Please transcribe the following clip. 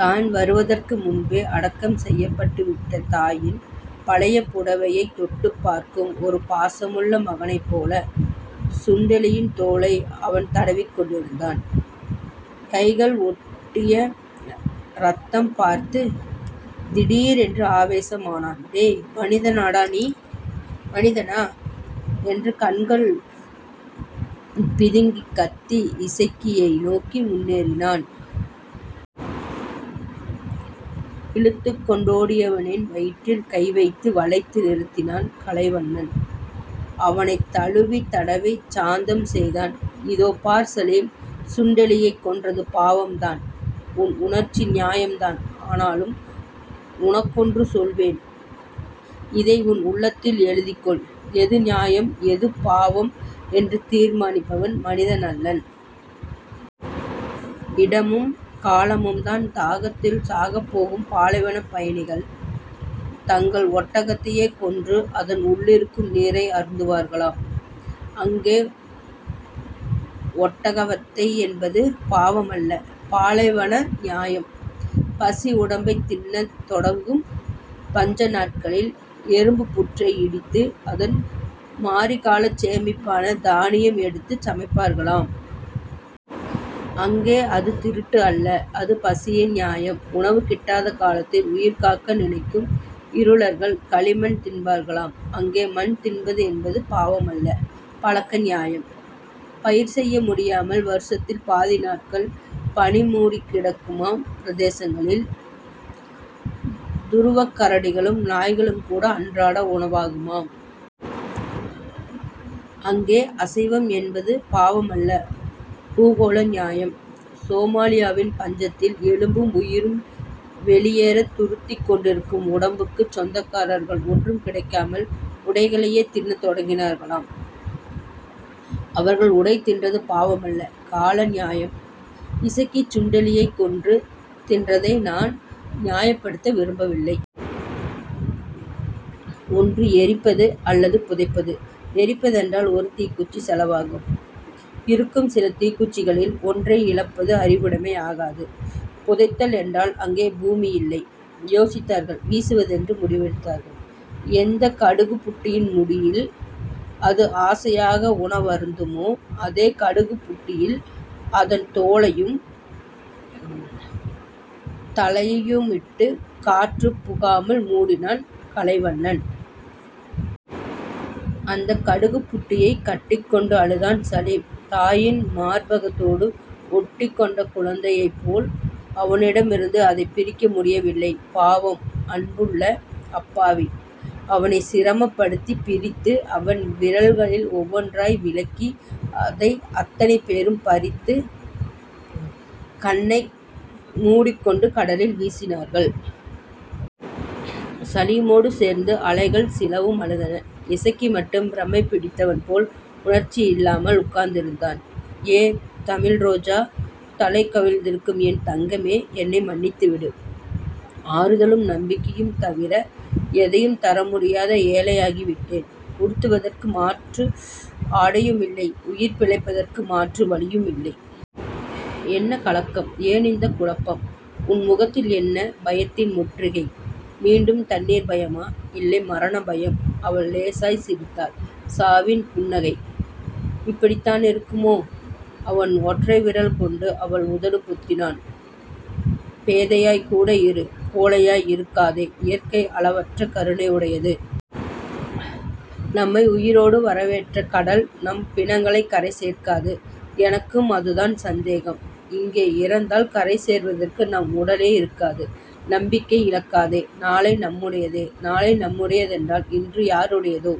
தான் வருவதற்கு முன்பே அடக்கம் செய்யப்பட்டுவிட்ட தாயின் பழைய புடவையைத் தொட்டுப் பார்க்கும் ஒரு பாசமுள்ள மகனைப் போல சுண்டெலியின் தோலை அவன் தடவிக்கொண்டிருந்தான். கைகளில் ஒட்டிய ரத்தம்பார்த்துத் திடீரென்று ஆவேசமானான். டேய், மனிதனாடா. நீ மனிதனா? என்று கண்கள் பிதுங்கிக் கத்தி, இசக்கியை நோக்கி முன்னேறினான். இழுத்துக் கொண்டோ டியவனின் வயிற்றில் கைவைத்து வளைத்து நிறுத்தினான் கலைவண்ணன். அவனைத் தழுவித் தடவிச் சாந்தம் செய்தான். இதோ பார் சலீம். சுண்டெலியைக் கொன்றது பாவம்தான். உன் உணர்ச்சி நியாயம்தான். ஆனாலும் உனக்கொன்று சொல்வேன். இதை உன் உள்ளத்தில் எழுதிக்கொள். எது நியாயம், எது பாவம், என்று தீர்மானிப்பவன் மனிதனல்லன். இடமும் காலமும்தான். தாகத்தில் சாகப் போகும் பாலைவனப் பயணிகள், தங்கள் ஒட்டகத்தையே கொன்று அதன் உள்ளிருக்கும் நீரை அருந்துவார்களாம். அங்கே ஒட்டகவத்தை என்பது பாவமல்ல. பாலைவன நியாயம். பசி உடம்பைத் தின்னத் தொடங்கும் பஞ்சநாட்களில் எறும்புப் புற்றை இடித்து, அதன் மாரிக்காலச் சேமிப்பான தானியம் எடுத்துச் சமைப்பார்களாம். அங்கே அது திருட்டு அல்ல. அது பசியின் நியாயம். உணவு கிட்டாத காலத்தில் உயிர்காக்க நினைக்கும் இருளர்கள், களிமண் தின்பார்களாம். அங்கே மண் தின்பது என்பது பாவமல்ல. பழக்க நியாயம். பயிர் செய்ய முடியாமல் வருஷத்தில் பாதி நாட்கள் பனிமுடிக் கிடக்கும் பிரதேசங்களில் துருவக்கரடிகளும் நாய்களும்கூட அன்றாட உணவாகுமாம். அங்கே அசைவம் என்பது பாவமல்ல. பூகோள நியாயம். சோமாலியாவின் பஞ்சத்தில் எலும்பும் உயிரும் வெளியேறத் துருத்திக் கொண்டிருக்கும் உடம்புக்குச் சொந்தக்காரர்கள் ஒன்றும் கிடைக்காமல் உடைகளையே தின்னத் தொடங்கினார்களாம். அவர்கள் உடை தின்றது பாவமல்ல. கால நியாயம். இசக்கி சுண்டெலியைக் கொன்று தின்றதை நான் நியாயப்படுத்த விரும்பவில்லை. ஒன்று எரிப்பது அல்லது புதைப்பது. எரிப்பதென்றால் ஒரு தீக்குச்சி செலவாகும். இருக்கும் சில தீக்குச்சிகளில் ஒன்றை இழப்பது அறிவுடைமை ஆகாது. புதைத்தல் என்றால் அங்கே பூமியில்லை. யோசித்தார்கள். வீசுவது என்று முடிவெடுத்தார்கள். எந்தக் கடுகுப்புட்டியின் முடியில் அது ஆசையாக உணவருந்துமோ அதே கடுகுப்புட்டியில், அதன் தோலையும் தலையையுமிட்டுக் காற்றுப் புகாமல் முடினான் கலைவண்ணன். அந்தக் கடுகுப் புட்டியைக் கட்டிக் கொண்டு அழுதான் சலீம். தாயின் மார்பகத்தோடு ஒட்டிக் கொண்ட குழந்தையைப் போல் அவனிடமிருந்து அதைப் பிரிக்க முடியவில்லை. பாவம். அன்புள்ள அப்பாவி. அவனைச் சிரமப்படுத்திப் பிரித்து, அவன் விரல்களில் ஒவ்வொன்றாய் விலக்கி, அதை அத்தனை பேரும் பறித்துக் கண்ணை முடிக்கொண்டு கடலில் வீசினார்கள். சலீமோடு சேர்ந்து அலைகள் சிலவும் அழுதன. இசக்கி மட்டும் பிரமைப் பிடித்தவன் போல் உணர்ச்சியில்லாமல் உட்கார்ந்திருந்தான். ஏ தமிழ்ரோஜா. தலை கவிழ்ந்திருக்கும் என் தங்கமே. என்னை மன்னித்துவிடு. ஆறுதலும் நம்பிக்கையும் தவிர எதையும் தர முடியாத ஏழையாகிவிட்டேன். உடுத்துவதற்கு மாற்று ஆடையுமில்லை. உயிர் பிழைப்பதற்கு மாற்று வழியுமில்லை. என்ன கலக்கம். ஏனிந்தக் குழப்பம். உன் முகத்தில் என்ன பயத்தின் முற்றுகை. மீண்டும் தண்ணீர் பயமா? இல்லை. மரணபயம் அவள் லேசாய்ச் சிரித்தாள். சாவின் புன்னகை இப்படித்தானிருக்குமோ? அவன் ஒற்றைவிரல் கொண்டு அவள் உதடு பொத்தினான். பேதையாய்க்கூட இரு. கோழையாய் இருக்காதே. இயற்கை அளவற்ற கருணையுடையது. நம்மை உயிரோடு வரவேற்ற கடல் நம் பிணங்களைக் கரை சேர்க்காது. எனக்கும் அதுதான் சந்தேகம். இங்கே இறந்தால் கரை சேர்வதற்கு நம் உடலே இருக்காது நம்பிக்கை இழக்காதே நாளை நம்முடையதே. நாளை நம்முடையதென்றால் இன்று யாருடையதோ?